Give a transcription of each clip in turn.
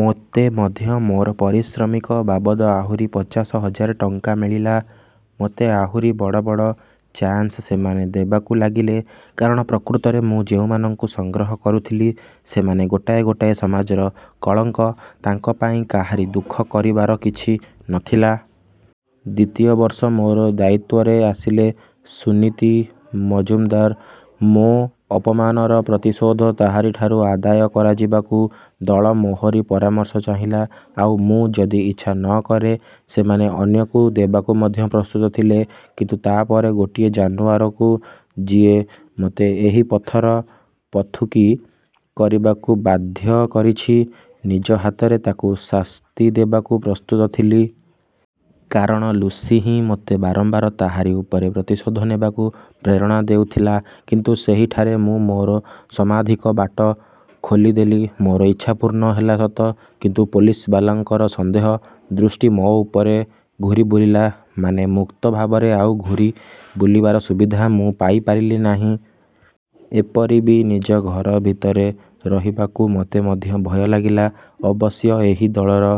ମୋତେ ମଧ୍ୟ ମୋର ପାରିଶ୍ରମିକ ବାବଦ ଆହୁରି ପଚାଶ ହଜାର ଟଙ୍କା ମିଳିଲା। ମୋତେ ଆହୁରି ବଡ଼ ବଡ଼ ଚାନ୍ସ ସେମାନେ ଦେବାକୁ ଲାଗିଲେ। କାରଣ, ପ୍ରକୃତରେ ମୁଁ ଯେଉଁମାନଙ୍କୁ ସଂଗ୍ରହ କରୁଥିଲି, ସେମାନେ ଗୋଟାଏ ଗୋଟାଏ ସମାଜର କଳଙ୍କ। ତାଙ୍କ ପାଇଁ କାହାରି ଦୁଃଖ କରିବାର କିଛି ନ ଥିଲା। ଦ୍ୱିତୀୟ ବର୍ଷ ମୋର ଦାୟିତ୍ୱରେ ଆସିଲେ ସୁନୀତି ମଜୁମଦାର। ମୋ ଅପମାନର ପ୍ରତିଶୋଧ ତାହାରିଠାରୁ ଆଦାୟ କରାଯିବାକୁ ଦଳ ମୋହରି ପରାମର୍ଶ ଚାହିଁଲା। ଆଉ ମୁଁ। ଯଦି ଇଚ୍ଛା ନ କରେ, ସେମାନେ ଅନ୍ୟକୁ ଦେବାକୁ ମଧ୍ୟ ପ୍ରସ୍ତୁତ ଥିଲେ। କିନ୍ତୁ ତା ପରେ ଗୋଟିଏ ଜାନୁଆରକୁ, ଯିଏ ମୋତେ ଏହି ପଥର ପଥୁକୀ କରିବାକୁ ବାଧ୍ୟ କରିଛି, ନିଜ ହାତରେ ତାକୁ ଶାସ୍ତି ଦେବାକୁ ପ୍ରସ୍ତୁତ ଥିଲି। କାରଣ ଲୁସି ହିଁ ମୋତେ ବାରମ୍ବାର ତାହାରି ଉପରେ ପ୍ରତିଶୋଧ ନେବାକୁ ପ୍ରେରଣା ଦେଉଥିଲା। କିନ୍ତୁ ସେହିଠାରେ ମୁଁ ମୋର ସମାଧିର ବାଟ ଖୋଲିଦେଲି। ମୋର ଇଚ୍ଛା ପୂର୍ଣ୍ଣ ହେଲା ସତ; କିନ୍ତୁ ପୋଲିସବାଲାଙ୍କର ସନ୍ଦେହ ଦୃଷ୍ଟି ମୋ ଉପରେ ଘୂରି ବୁଲିଲା। ମାନେ, ମୁକ୍ତ ଭାବରେ ଆଉ ଘୂରି ବୁଲିବାର ସୁବିଧା ମୁଁ ପାଇପାରିଲି ନାହିଁ। ଏପରି ବି ନିଜ ଘର ଭିତରେ ରହିବାକୁ ମୋତେ ମଧ୍ୟ ଭୟ ଲାଗିଲା। ଅବଶ୍ୟ ଏହି ଦଳର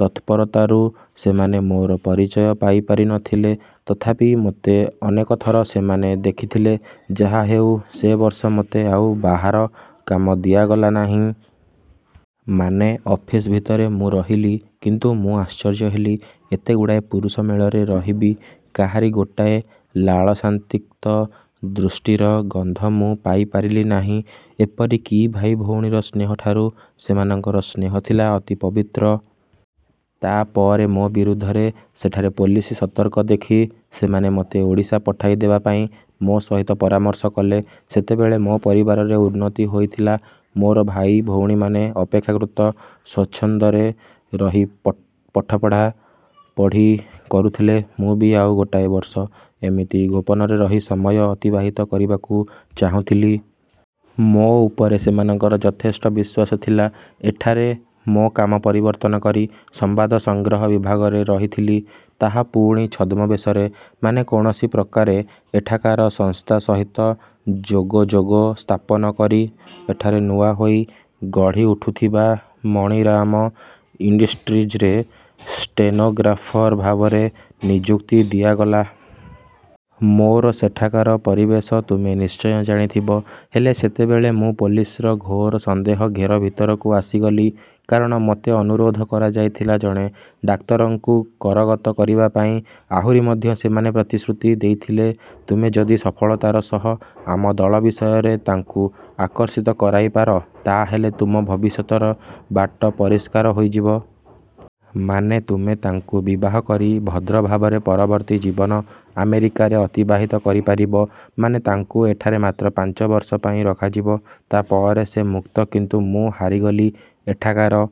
ତତ୍ପରତାରୁ ସେମାନେ ମୋର ପରିଚୟ ପାଇ ପାରି ନ ଥିଲେ। ତଥାପି ମୋତେ ଅନେକଥର ସେମାନେ ଦେଖିଥିଲେ। ଯାହା ହେଉ, ସେ ବର୍ଷ ମୋତେ ଆଉ ବାହାର କାମ ଦିଆଗଲା ନାହିଁ। ମାନେ, ଅଫିସ ଭିତରେ ମୁଁ ରହିଲି। କିନ୍ତୁ ମୁଁ ଆଶ୍ଚର୍ଯ୍ୟ ହେଲି, ଏତେଗୁଡ଼ାଏ ପୁରୁଷ ମେଳରେ ରହି ବି କାହାରି ଗୋଟାଏ ଲାଳସାସିକ୍ତ ଦୃଷ୍ଟିର ଗନ୍ଧ ମୁଁ ପାଇ ପାରିଲି ନାହିଁ। ଏପରି କି ଭାଇ ଭଉଣୀର ସ୍ନେହଠାରୁ ସେମାନଙ୍କର ସ୍ନେହ ଥିଲା ଅତି ପବିତ୍ର। ତା ପରେ ମୋ ବିରୁଦ୍ଧରେ ସେଠାରେ ପୋଲିସ ସତର୍କ ଦେଖି, ସେମାନେ ମୋତେ ଓଡ଼ିଶା ପଠାଇ ଦେବା ପାଇଁ ମୋ ସହିତ ପରାମର୍ଶ କଲେ। ସେତେବେଳେ ମୋ ପରିବାରରେ ଉନ୍ନତି ହୋଇଥିଲା। ମୋର ଭାଇ, ଭଉଣୀମାନେ ଅପେକ୍ଷାକୃତ ସ୍ୱଚ୍ଛନ୍ଦରେ ରହି ପଢ଼ାପଢ଼ି କରୁଥିଲେ। ମୁଁ ବି ଆଉ ଗୋଟାଏ ବର୍ଷ ଏମିତି ଗୋପନରେ ରହି ସମୟ ଅତିବାହିତ କରିବାକୁ ଚାହୁଁଥିଲି। ମୋ ଉପରେ ସେମାନଙ୍କର ଯଥେଷ୍ଟ ବିଶ୍ୱାସ ଥିଲା। ଏଠାରେ ମୋ କାମ ପରିବର୍ତ୍ତନ କରି ସମ୍ବାଦ ସଂଗ୍ରହ ବିଭାଗରେ ରହିଥିଲି। ତାହା ପୁଣି ଛଦ୍ମବେଶରେ। ମାନେ, କୌଣସି ପ୍ରକାରେ ଏଠାକାର ସଂସ୍ଥା ସହିତ ଯୋଗଯୋଗ ସ୍ଥାପନ କରି, ଏଠାରେ ନୂଆ ହୋଇ ଗଢ଼ି ଉଠୁଥିବା ମଣିରାମ ଇଣ୍ଡଷ୍ଟ୍ରିଜରେ ଷ୍ଟେନୋଗ୍ରାଫର୍ ଭାବରେ ନିଯୁକ୍ତି ଦିଆଗଲା। ମୋର ସେଠାକାର ପରିବେଶ ତୁମେ ନିଶ୍ଚୟ ଜାଣିଥିବ। ହେଲେ, ସେତେବେଳେ ମୁଁ ପୋଲିସର ଘୋର ସନ୍ଦେହ ଘେର ଭିତରକୁ ଆସିଗଲି। କାରଣ ମୋତେ ଅନୁରୋଧ କରାଯାଇଥିଲା ଜଣେ ଡାକ୍ଟରଙ୍କୁ କରଗତ କରିବା ପାଇଁ। ଆହୁରି ମଧ୍ୟ ସେମାନେ ପ୍ରତିଶ୍ରୁତି ଦେଇଥିଲେ-ତୁମେ ଯଦି ସଫଳତାର ସହ ଆମ ଦଳ ବିଷୟରେ ତାଙ୍କୁ ଆକର୍ଷିତ କରାଇପାର, ତା ହେଲେ ତୁମ ଭବିଷ୍ୟତର ବାଟ ପରିଷ୍କାର ହୋଇଯିବ। ମାନେ, ତୁମେ ତାଙ୍କୁ ବିବାହ କରି ଭଦ୍ର ଭାବରେ ପରବର୍ତ୍ତୀ ଜୀବନ ଆମେରିକାରେ ଅତିବାହିତ କରିପାରିବ। ମାନେ, ତାଙ୍କୁ ଏଠାରେ ମାତ୍ର ପାଞ୍ଚ ବର୍ଷ ପାଇଁ ରଖାଯିବ। ତା ପରେ ସେ ମୁକ୍ତ। କିନ୍ତୁ ମୁଁ ହାରିଗଲି। ଏଠାକାର